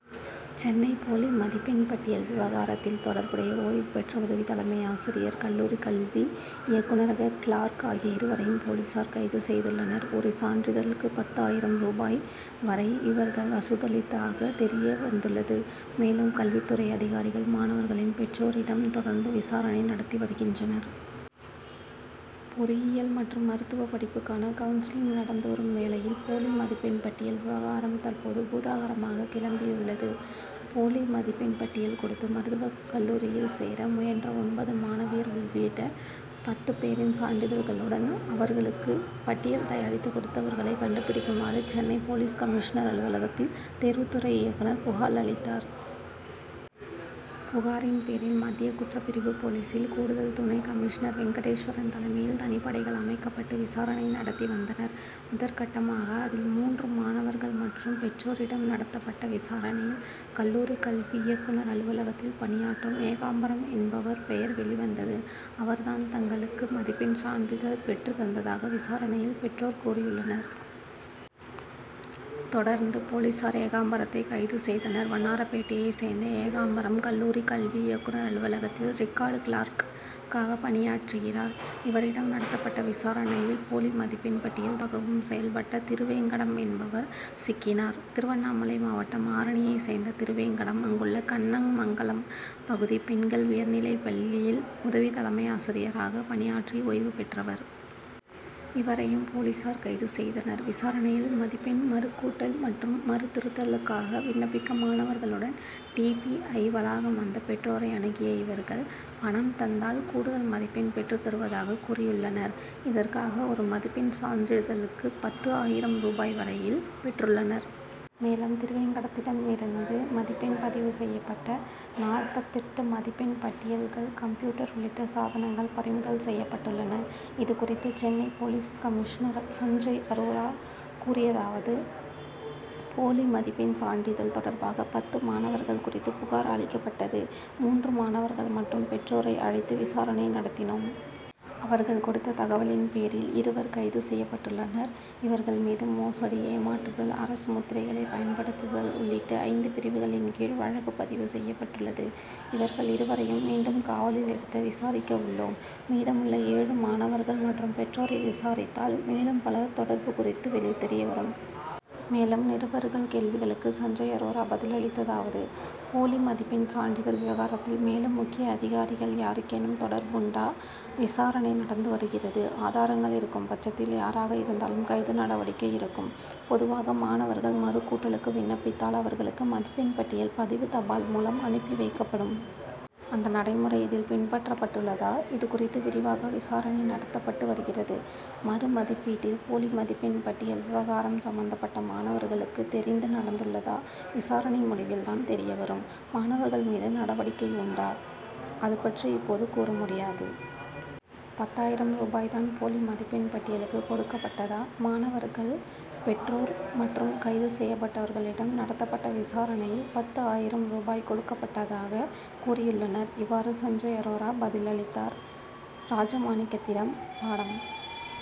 சென்னை போலி மதிப்பெண் பட்டியல் விவகாரத்தில் தொடர்புடைய ஓய்வு பெற்ற உதவி தலைமையாசிரியர், கல்லூரி கல்வி இயக்குனரக கிளார்க் ஆகிய இருவரையும் போலீசார் கைது செய்துள்ளனர். ஒரு சான்றிதழுக்கு பத்து ஆயிரம் ரூபாய் வரை இவர்கள் வசூலித்துள்ளதாகத் தெரிய வந்துள்ளது. மேலும், கல்வித்துறை அதிகாரிகள், மாணவர்களின் பெற்றோரிடம் தொடர்ந்து விசாரணை நடத்தி வருகின்றனர். பொறியியல் மற்றும் மருத்துவப் படிப்புக்கான கவுன்சிலிங் நடந்து வரும் வேளையில், போலி மதிப்பெண் பட்டியல் விவகாரம் தற்போது பூதாகரமாக கிளம்பியுள்ளது. போலி மதிப்பெண் பட்டியல் கொடுத்து, மருத்துவக் கல்வியில் சேர முயன்ற ஒன்பது மாணவியர் உள்ளிட்ட பத்து பேரின் சான்றிதழ்களுடன், அவர்களுக்கு பட்டியல் தயாரித்து கொடுத்தவர்களை கண்டுபிடிக்குமாறு, சென்னை போலீஸ் கமிஷனர் அலுவலகத்தில் தேர்வுத்துறை இயக்குனர் புகார் அளித்தார். புகாரின் பேரில், மத்திய குற்றப்பிரிவு போலீசில் கூடுதல் துணை கமிஷனர் வெங்கடேஸ்வரன் தலைமையில் தனிப்படைகள் அமைக்கப்பட்டு, விசாரணை நடத்தி வந்தனர். முதற்கட்டமாக அதில் மூன்று மாணவர்கள் மற்றும் பெற்றோரிடம் நடத்தப்பட்ட விசாரணையில், கல்லூரி கல்வி இயக்குனர் அலுவலகத்தில் பணியாற்றும் ஏகாம்பரம் என்பவர் பெயர் வெளிவந்தது. அவர் தான் தங்களுக்கு மதிப்பெண் சான்றிதழ் பெற்றுத் தந்ததாக விசாரணையில் பெற்றோர் கூறியுள்ளனர். தொடர்ந்து, போலீசார் ஏகாம்பரத்தை கைது செய்தனர். வண்ணாரப்பேட்டையை சேர்ந்த ஏகாம்பரம் கல்லூரி கல்வி இயக்குனர் அலுவலகத்தில், ரிக்கார்டு கிளார்க்காக பணியாற்றுகிறார். இவரிடம் நடத்தப்பட்ட விசாரணையில், போலி மதிப்பெண் பட்டியல் தயாரித்து கொடுத்து, புரோக்கராகவும் செயல்பட்ட திருவேங்கடம் என்பவர் சிக்கினார். திருவண்ணாமலை மாவட்டம், ஆரணியை சேர்ந்த திருவேங்கடம், அங்குள்ள கண்ணமங்கலம் பகுதி பெண்கள் உயர்நிலைப் பள்ளியில் உதவி தலைமையாசிரியராக பணியாற்றி ஓய்வு பெற்றவர். இவரையும், போலீசார் கைது செய்தனர். விசாரணையில், மதிப்பெண் மறுகூட்டல் மற்றும் மறு திருத்தலுக்காக விண்ணப்பிக்க மாணவர்களுடன் டி. பி. ஐ., வளாகம் வந்த பெற்றோரை அணுகிய இவர்கள், பணம் தந்தால் கூடுதல் மதிப்பெண் பெற்றுத் தருவதாக கூறியுள்ளனர். இதற்காக ஒரு மதிப்பெண் சான்றிதழுக்கு பத்து ஆயிரம் ரூபாய் வரையில் பெற்றுள்ளனர். மேலும், திருவேங்கடத்திடமிருந்து மதிப்பெண் பதிவு செய்யப்பட்ட நாற்பத்தெட்டு மதிப்பெண் பட்டியல்கள், கம்ப்யூட்டர் உள்ளிட்ட சாதனங்கள் பறிமுதல் செய்யப்பட்டுள்ளன. இதுகுறித்து சென்னை போலீஸ் கமிஷனர் சஞ்சய் அரோரா கூறியதாவது: போலி மதிப்பெண் சான்றிதழ் தொடர்பாக, பத்து மாணவர்கள் குறித்த புகார் அளிக்கப்பட்டது. மூன்று மாணவர்கள் மற்றும் பெற்றோரை அழைத்து விசாரணை நடத்தினோம். அவர்கள் கொடுத்த தகவலின் பேரில் இருவர் கைது செய்யப்பட்டுள்ளனர். இவர்கள் மீது மோசடி, ஏமாற்றுதல், அரசு முத்திரைகளை பயன்படுத்துதல் உள்ளிட்ட ஐந்து பிரிவுகளின் கீழ் வழக்குப் பதிவு செய்யப்பட்டுள்ளது. இவர்கள் இருவரையும் மீண்டும் காவலில் எடுத்து விசாரிக்க உள்ளோம். மீதமுள்ள ஏழு மாணவர்கள் மற்றும் பெற்றோரை விசாரித்தால் மேலும் பலர் தொடர்பு குறித்து தெரியவரும். மேலும், நிருபர்கள் கேள்விகளுக்கு சஞ்சய் அரோரா பதிலளித்ததாவது: போலி மதிப்பெண் சான்றிதல் விவகாரத்தில் மேலும் முக்கிய அதிகாரிகள் யாருக்கேனும் தொடர்புண்டா? விசாரணை நடந்து வருகிறது. ஆதாரங்கள் இருக்கும் பட்சத்தில் யாராக இருந்தாலும் கைது நடவடிக்கை இருக்கும். பொதுவாக மாணவர்கள் மறு கூட்டலுக்கு விண்ணப்பித்தால் அவர்களுக்கு மதிப்பெண் பட்டியல் பதிவுத் தபால் மூலம் அனுப்பி வைக்கப்படும். அந்த நடைமுறை இதில் பின்பற்றப்பட்டுள்ளதா? இதுகுறித்து விரிவாக விசாரணை நடத்தப்பட்டு வருகிறது. மறு மதிப்பீட்டில் போலி மதிப்பெண் பட்டியல் விவகாரம் சம்பந்தப்பட்ட மாணவர்களுக்கு தெரிந்து நடந்துள்ளதா? விசாரணை முடிவில் தான் தெரிய வரும். மாணவர்கள் மீது நடவடிக்கை உண்டா? அது பற்றி இப்போது கூற முடியாது. பத்து ஆயிரம் ரூபாய் தான் போலி மதிப்பெண் பட்டியலுக்கு கொடுக்கப்பட்டதா? மாணவர்கள், பெற்றோர் மற்றும் கைது செய்யப்பட்டவர்களிடம் நடத்தப்பட்ட விசாரணையில், பத்து ஆயிரம் ரூபாய் கொடுக்கப்பட்டதாக கூறியுள்ளனர். இவ்வாறு சஞ்சய் அரோரா பதிலளித்தார். ராஜமாணிக்கத்திடம் பாடம்